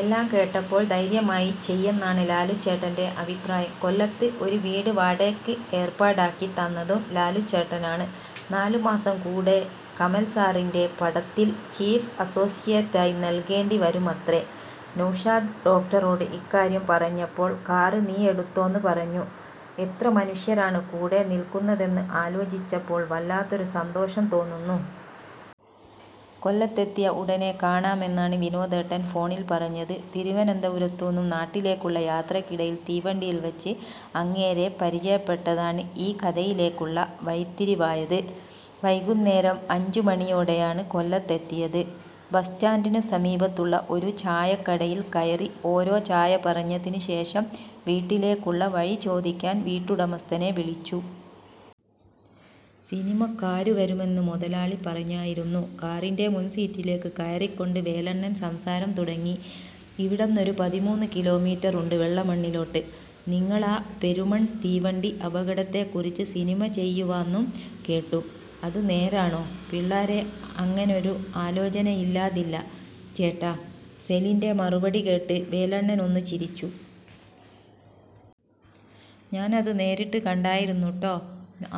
എല്ലാം കേട്ടപ്പോൾ ധൈര്യമായി ചെയ്യെന്നാണ് ലാലുച്ചേട്ടന്റെ അഭിപ്രായം. കൊല്ലത്ത് ഒരു വീട് വാടകയ്ക്ക് ഏർപ്പാടാക്കി തന്നതും ലാലുച്ചേട്ടനാണ്. നാലുമാസം കൂടെ കമൽസാറിന്റെ പടത്തിൽ ചീഫ് അസോസിയേറ്റായി നിൽക്കേണ്ടി വരുമത്രേ. നൗഷാദ് ഡോക്ടറോട് ഇക്കാര്യം പറഞ്ഞപ്പോൾ 'കാറ് നീയെടുത്തോന്ന്' പറഞ്ഞു. എത്ര മനുഷ്യരാണ് കൂടെ നിൽക്കുന്നതെന്നു ആലോചിച്ചപ്പോൾ വല്ലാത്തൊരു സന്തോഷം തോന്നുന്നു. കൊല്ലത്ത് എത്തിയ ഉടനെ കാണാമെന്നാണ് വിനോദേട്ടൻ ഫോണിൽ പറഞ്ഞത്. തിരുവനന്തപുരത്തുന്നും നാട്ടിലേക്കുള്ള യാത്രയ്ക്കിടയിൽ തീവണ്ടിയിൽ വെച്ച് അങ്ങേരെ പരിചയപ്പെട്ടതാണ് ഈ കഥയിലേക്കുള്ള വഴിത്തിരിവായത്. വൈകുന്നേരം അഞ്ചുമണിയോടെയാണ് കൊല്ലത്ത് എത്തിയത്. ബസ്സ്റ്റാന്റിനു സമീപത്തുള്ള ഒരു ചായക്കടയിൽ കയറി. ഓരോ ചായ പറഞ്ഞതിനു ശേഷം വീട്ടിലേക്കുള്ള വഴി ചോദിക്കാൻ വീട്ടുടമസ്ഥനെ വിളിച്ചു. സിനിമക്കാര് വരുമെന്ന് മൊതലാളി പറഞ്ഞായിരുന്നു. " കാറിന്റെ മുൻസീറ്റിലേക്ക് കയറിക്കൊണ്ട് വേലണ്ണൻ സംസാരം തുടങ്ങി. "ഇവിടെന്നൊരു പതിമൂന്നു കിലോമീറ്ററുണ്ട് വെള്ളമണ്ണിലോട്ട്. നിങ്ങളാ പെരുമൺ തീവണ്ടി അപകടത്തെക്കുറിച്ച് സിനിമ ചെയ്യുവാന്നും കേട്ടു. അതു നേരാണോ? പിള്ളാരെ" "അങ്ങനൊരു ആലോചനയില്ലാതില്ല ചേട്ടാ. " സെലിന്റെ മറുപടി കേട്ട് വേലണ്ണനൊന്നു ചിരിച്ചു. "ഞാനതു നേരിട്ട് കണ്ടായിരുന്നുട്ടോ...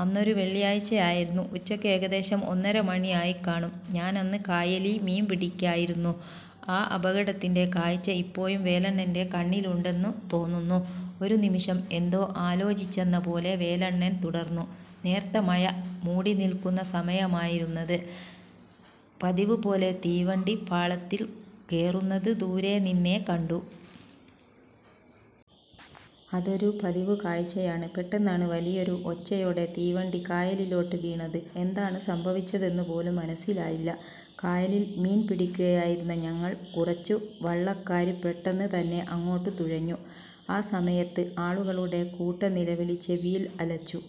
അന്നൊരു വെള്ളിയാഴ്ചയായിരുന്നു. ഉച്ചയ്ക്ക് ഏകദേശം ഒന്നര മണിയായിക്കാണും. ഞാനന്ന് കായലീ മീൻ പിടിക്കായിരുന്നു" ആ അപകടത്തിന്റെ കാഴ്ച ഇപ്പോഴും വേലണ്ണന്റെ കണ്ണിലുണ്ടെന്നു തോന്നുന്നു. ഒരുനിമിഷം എന്തോ ആലോചിച്ചെന്ന പോലെ വേലണ്ണൻ തുടർന്നു. "നേർത്ത മഴ മൂടിനിൽക്കുന്ന സമയമായിരുന്നത്. പതിവുപോലെ തീവണ്ടി പാളത്തിൽ കേറുന്നതു ദൂരെനിന്നേ കണ്ടു. അതൊരു പതിവു കാഴ്ചയാണ് പെട്ടന്നാണ് വലിയൊരു ഒച്ചയോടെ തീവണ്ടി കായലിലോട്ട് വീണത്. എന്താണു സംഭവിച്ചതെന്നു പോലും മനസിലായില്ല. കായലിൽ മീൻപിടിക്കുകയായിരുന്ന ഞങ്ങൾ കുറച്ചുവള്ളക്കാര് പെട്ടെന്നു തന്നെ അങ്ങോട്ടു തുഴഞ്ഞു. ആ സമയത്ത് ആളുകളുടെ കൂട്ടനിലവിളി ചെവിയിൽ അലച്ചു.